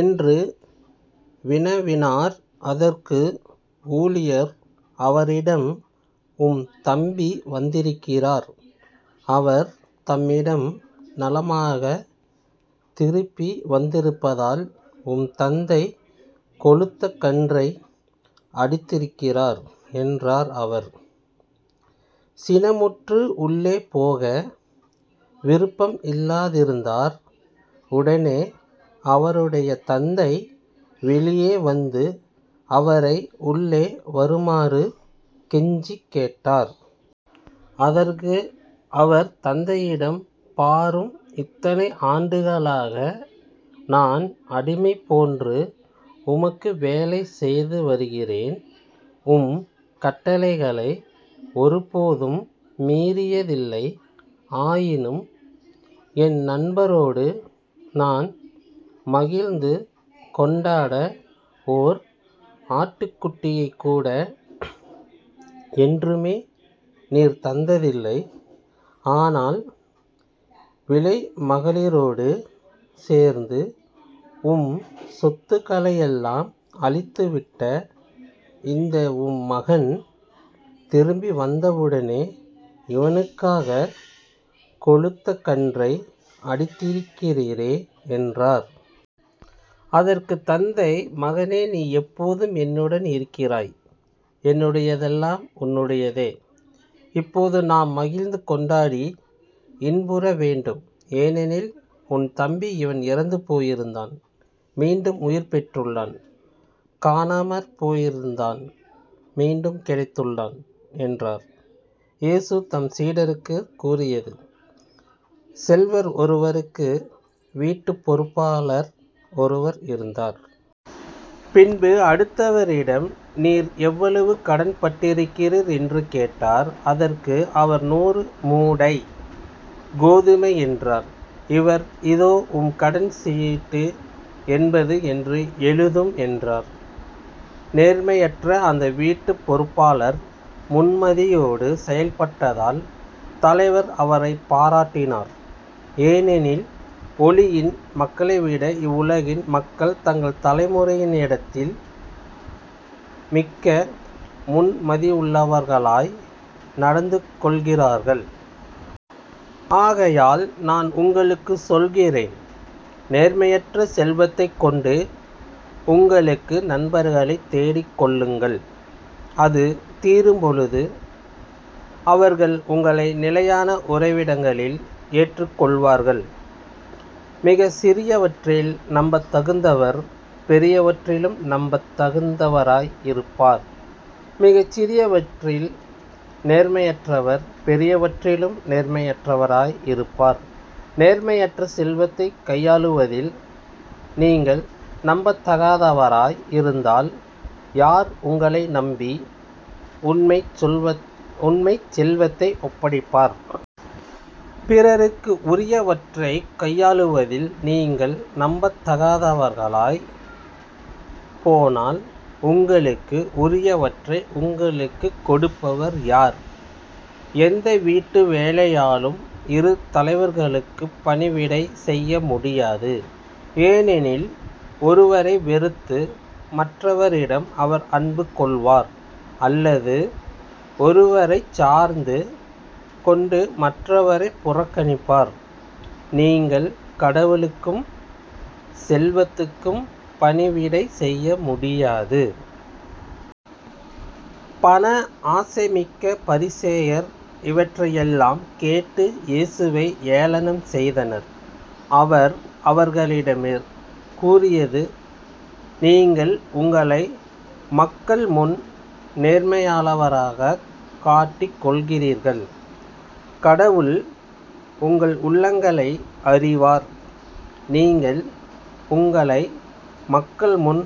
என்று வினவினார். அதற்கு ஊழியர் அவரிடம் உம் தம்பி வந்திருக்கிறார். அவர் தம்மிடம் நலமாகத் திரும்பி வந்திருப்பதால் உம் தந்தை கொழுத்த கன்றை அடித்திருக்கிறார் என்றார். அவர் சினமுற்று உள்ளே போக விருப்பம் இல்லாதிருந்தார். உடனே அவருடைய தந்தை வெளியே வந்து அவரை உள்ளே வருமாறு கெஞ்சிக் கேட்டார். அதற்கு அவர் தந்தையிடம் பாரும் இத்தனை ஆண்டுகளாக நான் அடிமைபோன்று உமக்கு வேலை செய்துவருகிறேன். உம் கட்டளைகளை ஒருபோதும் மீறியதில்லை. ஆயினும் என் நண்பரோடு நான் மகிழ்ந்துகொண்டாட ஓர் ஆட்டுக்குட்டியைக்கூட என்றுமே நீர் தந்ததில்லை. ஆனால் விலைமகளிரோடு சேர்ந்து உம் சொத்துகளையெல்லாம் அழித்துவிட்ட இந்த உம் மகன் திரும்பி வந்தவுடனே இவனுக்காகக் கொழுத்த கன்றை அடித்திருக்கிறீரே என்றார். அதற்குத் தந்தை மகனே நீ எப்போதும் என்னுடன் இருக்கிறாய் என்னுடையதெல்லாம் உன்னுடையதே. இப்போது நாம் மகிழ்ந்துகொண்டாடி இன்புற வேண்டும். ஏனெனில் உன் தம்பி இவன் இறந்து போயிருந்தான் மீண்டும் உயிர்பெற்றுள்ளான். காணாமற்போயிருந்தான் மீண்டும் கிடைத்துள்ளான் என்றார். இயேசு தம் சீடருக்குக் கூறியது செல்வர் ஒருவருக்கு வீட்டுப் பொறுப்பாளர் ஒருவர் இருந்தார். பின்பு அடுத்தவரிடம் நீர் எவ்வளவு கடன்பட்டிருக்கிறீர்? என்று கேட்டார். அதற்கு அவர் நூறு மூடை கோதுமை என்றார். அவர் இதோ உம் கடன் சீட்டு எண்பது என்று எழுதும் என்றார். நேர்மையற்ற அந்த வீட்டுப் பொறுப்பாளர் முன்மதியோடு செயல்பட்டதால் தலைவர் அவரைப் பாராட்டினார். ஏனெனில் ஒளியின் மக்களைவிட இவ்வுலகின் மக்கள் தங்கள் தலைமுறையினிடத்தில் மிக்க முன்மதியுள்ளவர்களாய் நடந்துகொள்ளுகிறார்கள். ஆகையால் நான் உங்களுக்குச் சொல்கிறேன் நேர்மையற்ற செல்வத்தைக்கொண்டு உங்களுக்கு நண்பர்களைத் தேடிக்கொள்ளுங்கள். அது தீரும்பொழுது அவர்கள் உங்களை நிலையான உறைவிடங்களில் ஏற்றுக் கொள்வார்கள். மிகச் சிறியவற்றில் நம்பத் தகுந்தவர் பெரியவற்றிலும் நம்பத் தகுந்தவராய் இருப்பார். மிகச் சிறியவற்றில் நேர்மையற்றவர் பெரியவற்றிலும் நேர்மையற்றவராய் இருப்பார். நேர்மையற்ற செல்வத்தைக் கையாளுவதில் நீங்கள் நம்பத்தகாதவராய் இருந்தால் யார் உங்களை நம்பி உண்மைச் செல்வத்தை ஒப்படைப்பார்? பிறருக்கு உரியவற்றைக் கையாளுவதில் நீங்கள் நம்பத்தகாதவர்களாய்ப் போனால் உங்களுக்கு உரியவற்றை உங்களுக்குக் கொடுப்பவர் யார்? எந்த வீட்டு வேலையாளும் இரு தலைவர்களுக்குப் பணிவிடை செய்யமுடியாது ஏனெனில் ஒருவரை வெறுத்து மற்றவரிடம் அவர் அன்பு கொள்வார் அல்லது ஒருவரைச் சார்ந்து கொண்டு மற்றவரைப் புறக்கணிப்பார். நீங்கள் கடவுளுக்கும் செல்வத்துக்கும் பணிவிடை செய்யமுடியாது. பண ஆசைமிக்க பரிசேயர் இவற்றையெல்லாம் கேட்டு இயேசுவை ஏளனம் செய்தனர். அவர் அவர்களிடம் கூறியது நீங்கள் உங்களை மக்கள்முன் நேர்மையாளராகக் காட்டிக் கொள்கிறீர்கள். கடவுள் உங்கள் உள்ளங்களை அறிவார். நீங்கள் உங்களை மக்கள்முன்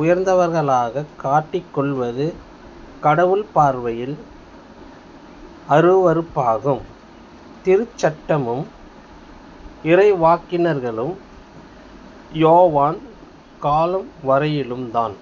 உயர்ந்தவர்களாகக் காட்டிக் கொள்வது கடவுள் பார்வையில் அருவருப்பாகும். திருச்சட்டமும் இறைவாக்கினர்களும் யோவான் காலம் வரையிலும் தான்.